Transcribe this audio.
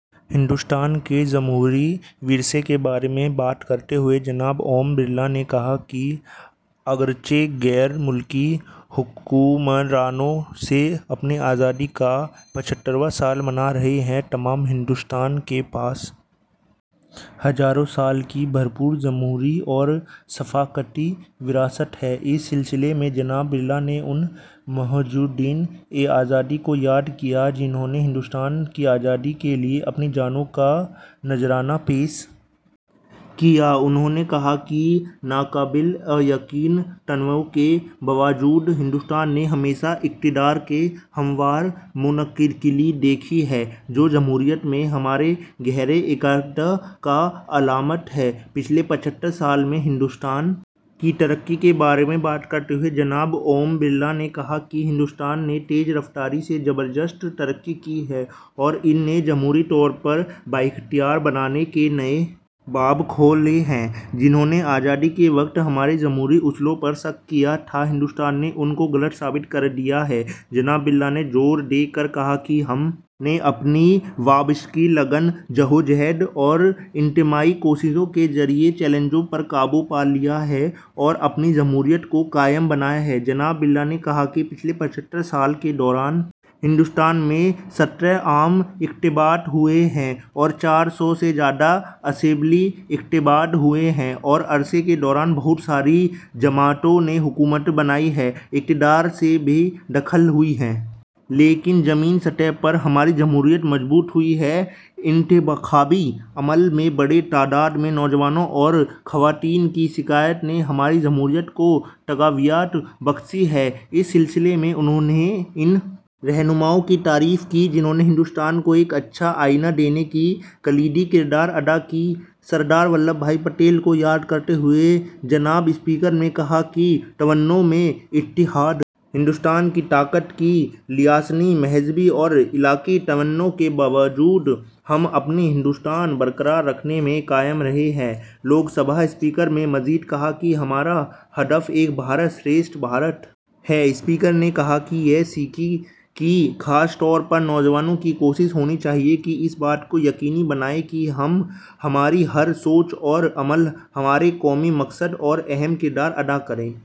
ہندوستان کے جمہوری ورثے کے بارے میں بات کرتے ہوئے جناب اوم برلا نے کہا کہ اگرچہ غیر ملکی حکمرانوں سے اپنی آزادی کا پچھترواں سال منا رہے ہیں تاہم ہندوستان کے پاس ہزاروں سالوں کی بھرپور جمہوری اور ثقافتی وراثت ہے اس سلسلے میں جناب برلا نے ان مجاہدین آزادی کو یاد کیا جنہوں نے ہندوستان کی آزادی کے لیے اپنی جانوں کا نذرانہ پیش کیا انہوں نے کہا کہ ناقابل یقین تنوع کے باوجود ہندوستان نے ہمیشہ اقتدار کی ہموار منتقلی دیکھی ہے جو جمہوریت میں ہمارے گہرے اعتقاد کی علامت ہے پچھلے پچھتر سالوں میں ہندوستان کی ترقی کے بارے میں بات کرتے ہوئے جناب اوم برلا نے کہا کہ ہندوستان نے تیز رفتاری سے زبردست ترقی کی ہے اور اس نے جمہوری طور پر بااختیار بنانے کے نئے باب کھولے ہیں جنہوں نے آزادی کے وقت ہمارے جمہوری اصولوں پر شک کیا تھا ہندوستان نے ان کو غلط ثابت کر دیا ہے جناب برلا نے زور دے کر کہا کہ ہم نے اپنی وابستگی لگن جدوجہد اور اجتماعی کوششوں کے ذریعے چیلنجوں پر قابو پا لیا ہے اور اپنی جمہوریت کو کامیاب بنایا ہے جناب برلا نے کہا کہ پچھلے پچھتر سالوں کے دوران ہندوستان میں سترہ عام انتخابات ہوئے ہیں اور چار سو سے زیادہ اسمبلی انتخابات ہوئے ہیں اس عرصے کے دوران بہت ساری جماعتوں نے حکومتیں بنائیں اور اقتدار سے بے دخل بھی ہوئیں لیکن زمینی سطح پر ہماری جمہوریت مضبوط ہوئی ہے انتخابی عمل میں بڑی تعداد میں نوجوانوں اور خواتین کی شرکت نے ہماری جمہوریت کو تقویت بخشی ہے اس سلسلے میں انہوں نے ان رہنماؤں کی تعریف کی جنہوں نے ہندوستان کو ایک اچھا آئین دینے میں کلیدی کردار ادا کیا سردار ولبھ بھائی پٹیل کو یاد کرتے ہوئے جناب اسپیکر نے کہا کہ تنوع میں اتحاد ہندوستان کی طاقت ہے لسانی مذہبی اور علاقائی تنوع کے باوجود ہم اپنی ہندوستانیت برقرار رکھنے میں کامیاب رہے ہیں لوک سبھا اسپیکر نے مزید کہا کہ ہمارا ہدف ایک بھارت شریشٹھ بھارت ہے اسپیکر نے کہا کہ یہ سبھی کی خاص طور پر نوجوانوں کی کوشش ہونی چاہیے کہ ہم اس بات کو یقینی بنائیں کہ ہماری ہر سوچ اور عمل ہمارے قومی مقصد میں اہم کردار ادا کرے